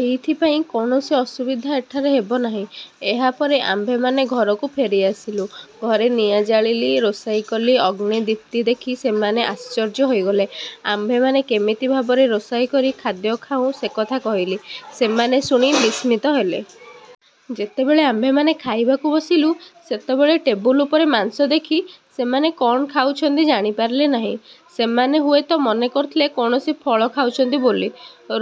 ଏଇଥିପାଇଁ କୌଣସି ଅସୁବିଧା ଏଠାରେ ହେବ ନାହିଁ। ଏହାପରେ ଆମ୍ଭେମାନେ ଘରକୁ ଫେରିଆସିଲୁଁ, ଘରେ ନିଆଁ ଜାଳିଲି, ରୋଷାଇ କଲି। ଅଗ୍ନି ଦୀପ୍ତି ଦେଖି ସେମାନେ ଆଶ୍ଚର୍ଯ୍ୟ ହୋଇଗଲେ। ଆମ୍ଭେମାନେ କେମିତି ଭାବରେ ରୋଷାଇ କରି ଖାଦ୍ୟ ଖାଉଁ ସେ କଥା କହିଲି। ସେମାନେ ଶୁଣି ବିସ୍ମିତ ହେଲେ। ଯେତେବେଳେ ଆମ୍ଭେମାନେ ଖାଇବାକୁ ବସିଲୁ, ସେତେବେଳେ ଟେବୁଲ ଉପରେ ମାଂସ ଦେଖି ସେମାନେ କ'ଣ ଖାଉଛନ୍ତି ଜାଣିପାରିଲେ ନାହିଁ। ସେମାନେ ହୁଏତ ମନେକରିଥିଲେ କୌଣସି ଫଳ ଖାଉଛନ୍ତି ବୋଲି।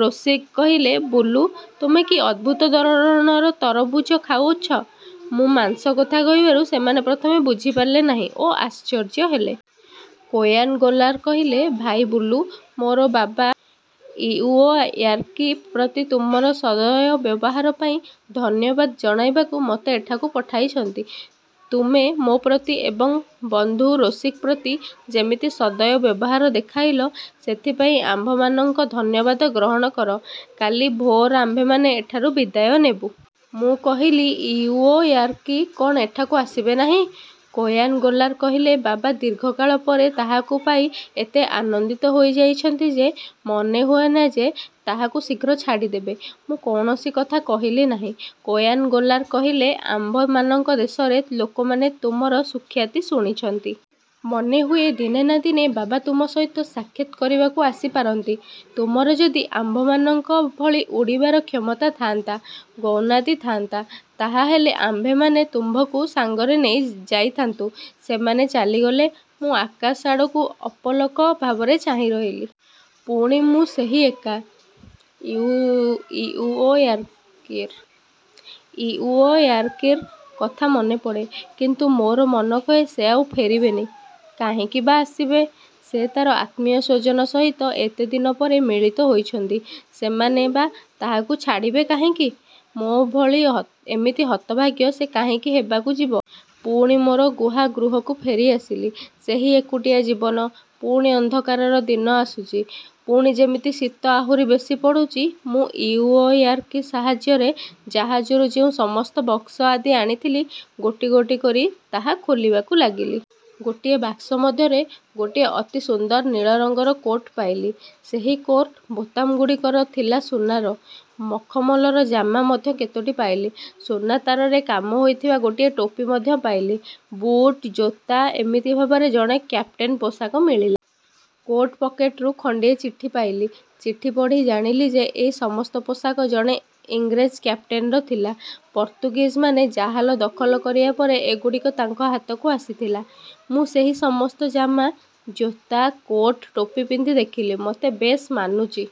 ରୋସିଗ କହିଲେ, ''ବୁଲୁ, ତୁମେ କି ଅଦ୍ଭୁତଧରଣ ତରବୁଜ ଖୁଆଉଛ? '' ମୁଁ ମାଂସ କଥା କହିବାରୁ ସେମାନେ ପ୍ରଥମେ ବୁଝିପାରିଲେ ନାହିଁ ଓ ଆଶ୍ଚର୍ଯ୍ୟ ହେଲେ-। କୋୟାନ ଗୋଲାର କହିଲେ, ଭାଇ ବୁଲୁ, ମୋର ବାବା ଇଉଓୟାରକି ପ୍ରତି ତୁମର ସଦୟ ବ୍ୟବହାରପାଇଁ ଧନ୍ୟବାଦ ଜଣାଇବାକୁ ମୋତେ ଏଠାକୁ ପଠାଇଛନ୍ତି। ତୁମେ ମୋ'ପ୍ରତି ଏବଂ ବନ୍ଧୁ ରୋସିଗ ପ୍ରତି ଯେମିତି ସଦୟ ବ୍ୟବହାର ଦେଖାଇଲ, ସେଥିପାଇଁ ଆମ୍ଭମାନଙ୍କ ଧନ୍ୟବାଦ ଗ୍ରହଣ କର। କାଲି ଭୋର ଆମ୍ଭେମାନେ ଏଠାରୁ ବିଦାୟ ନେବୁ। ମୁଁ କହିଲି, ଇଉଓୟାରକି କ'ଣ ଏଠାକୁ ଆସିବେ ନାହିଁ? କୋୟାନ ଗୋଲାର କହିଲେ, ''ବାବା ଦୀର୍ଘକାଳ ପରେ ତାହାକୁ ପାଇ ଏତେ ଆନନ୍ଦିତ ହୋଇଯାଇଛନ୍ତି ଯେ, ମନେହୁଏନା ଯେ ତାହାକୁ ଶୀଘ୍ର ଛାଡ଼ିଦେବେ। '' ମୁଁ କୌଣସି କଥା କହିଲି ନାହିଁ। କୋୟାନ ଗୋଲାର କହିଲେ, ''ଆମ୍ଭମାନଙ୍କ ଦେଶର ଲୋକମାନେ ତୁମର ସୁଖ୍ୟାତି ଶୁଣିଛନ୍ତି। ମନେହୁଏ ଦିନେ ନା ଦିନେ ବାବା ତୁମ ସହିତ ସାକ୍ଷାତ କରିବାକୁ ଆସିପାରନ୍ତି। ତୁମର ଯଦି ଆମ୍ଭମାନଙ୍କ ଭଳି ଉଡ଼ିବାର କ୍ଷମତା ଥାଆନ୍ତା, ଗ୍ରୌନଦି ଥାଆନ୍ତା, ତାହାହେଲେ ଆମ୍ଭେମାନେ ତୁମ୍ଭଙ୍କୁ ସଙ୍ଗରେ ନେଇ ଯାଇଥା'ନ୍ତୁ। ସେମାନେ ଚାଲିଗଲେ। ମୁଁ ଆକାଶ ଆଡ଼କୁ ଅପଲକ ଭାବରେ ଚାହିଁରହିଲି। ପୁଣି ମୁଁ ସେହି ଏକା। ଇଉଓୟାରକିର। କଥା ମନରେ ପଡ଼େ। କିନ୍ତୁ ମୋର ମନ କହେ ସେ ଆଉ ଫେରିବେନି। କାହିଁକି ବା ଆସିବେ? ସେ ତା'ର ଆତ୍ମୀୟସ୍ୱଜନ ସହିତ ଏତେଦିନ ପରେ ମିଳିତ ହୋଇଛନ୍ତି। ସେମାନେ ବା ତାହାକୁ ଛାଡ଼ିବେ କାହିଁକି? ମୋ'ଭାଳି ଏମିତି ହତଭାଗ୍ୟ ସେ କାହିଁକି ହେବାକୁ ଯିବ? ପୁଣି ମୋର ଗୁହା ଗୃହକୁ ଫେରିଆସିଲି। ସେଇ ଏକୁଟିଆ ଜୀବନ। ପୁଣି ଅନ୍ଧକାରର ଦିନ ଆସୁଛି। ପୁଣି ଯେମିତି ଶୀତ ଆହୁରି ବେଶି ପଡ଼ୁଛି। ମୁଁ ଇଉଓୟାରକି ସାହାଯ୍ୟରେ ଜାହାଜରୁ ଯେଉଁ ସମସ୍ତ ବାକ୍ସ ଆଦି ଆଣିଥିଲି, ଗୋଟି ଗୋଟି କରି ତାହା ଖୋଲିବାକୁ ଲାଗିଲି। ଗୋଟିଏ ବାକ୍ସ ମଧ୍ୟରେ ଗୋଟିଏ ଅତି ସୁନ୍ଦର ନୀଳରଙ୍ଗର କୋଟ୍ ପାଇଲି। ସେଇ କୋଟ୍ର ବୋତାମଗୁଡ଼ିକ ଥିଲା ସୁନାର। ମଖମଲର ଜାମା ମଧ୍ୟ କେତୋଟି ପାଇଲି। ସୁନା ତାରରେ କାମ ହୋଇଥିବା ଗୋଟିଏ ଟୋପି ମଧ୍ୟ ପାଇଲି। ବୁଟ୍ ଜୋତା, ମୋଜା-ଏମିତି ଭାବରେ ଜଣେ କାପ୍ଟେନର ପୋଷାକ ମିଳିଲା। କୋଟ୍ ପକେଟରୁ ଖଣ୍ଡିଏ ଚିଠି ପାଇଲି, ଚିଠି ପଢ଼ି ଜାଣିଲି ଯେ, ଏଇ ସମସ୍ତ ପୋଷାକ ଜଣେ ଇଂରେଜ କାପ୍ଟେନର ଥିଲା। ପର୍ତ୍ତୁଗୀଜମାନେ ଜାହାଜ ଦଖଲ କରିବା ପରେ ଏଗୁଡ଼ିକ ତାଙ୍କ ହାତକୁ ଆସିଥିଲା। ମୁଁ ସେହି ସମସ୍ତ ଜାମା, ଜୋତା, କୋଟ୍, ଟୋପି ପିନ୍ଧି ଦେଖିଲି, ମୋତେ ବେଶ୍ ମାନୁଛି।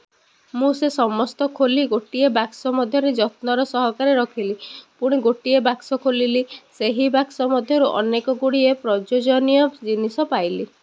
ମୁଁ ସେ ସମସ୍ତ ଖୋଲି ଗୋଟିଏ ବାକ୍ସ ମଧ୍ୟରେ ଯତ୍ନର ସହକାରେ ରଖିଲି। ପୁଣି ଗୋଟିଏ ବାକ୍ସ ଖୋଲିଲି। ସେହି ବାକ୍ସ ମଧ୍ୟରୁ ଅନେକଗୁଡ଼ିଏ ପ୍ରୟୋଜନୀୟ ଜିନିଷ ପାଇଲି।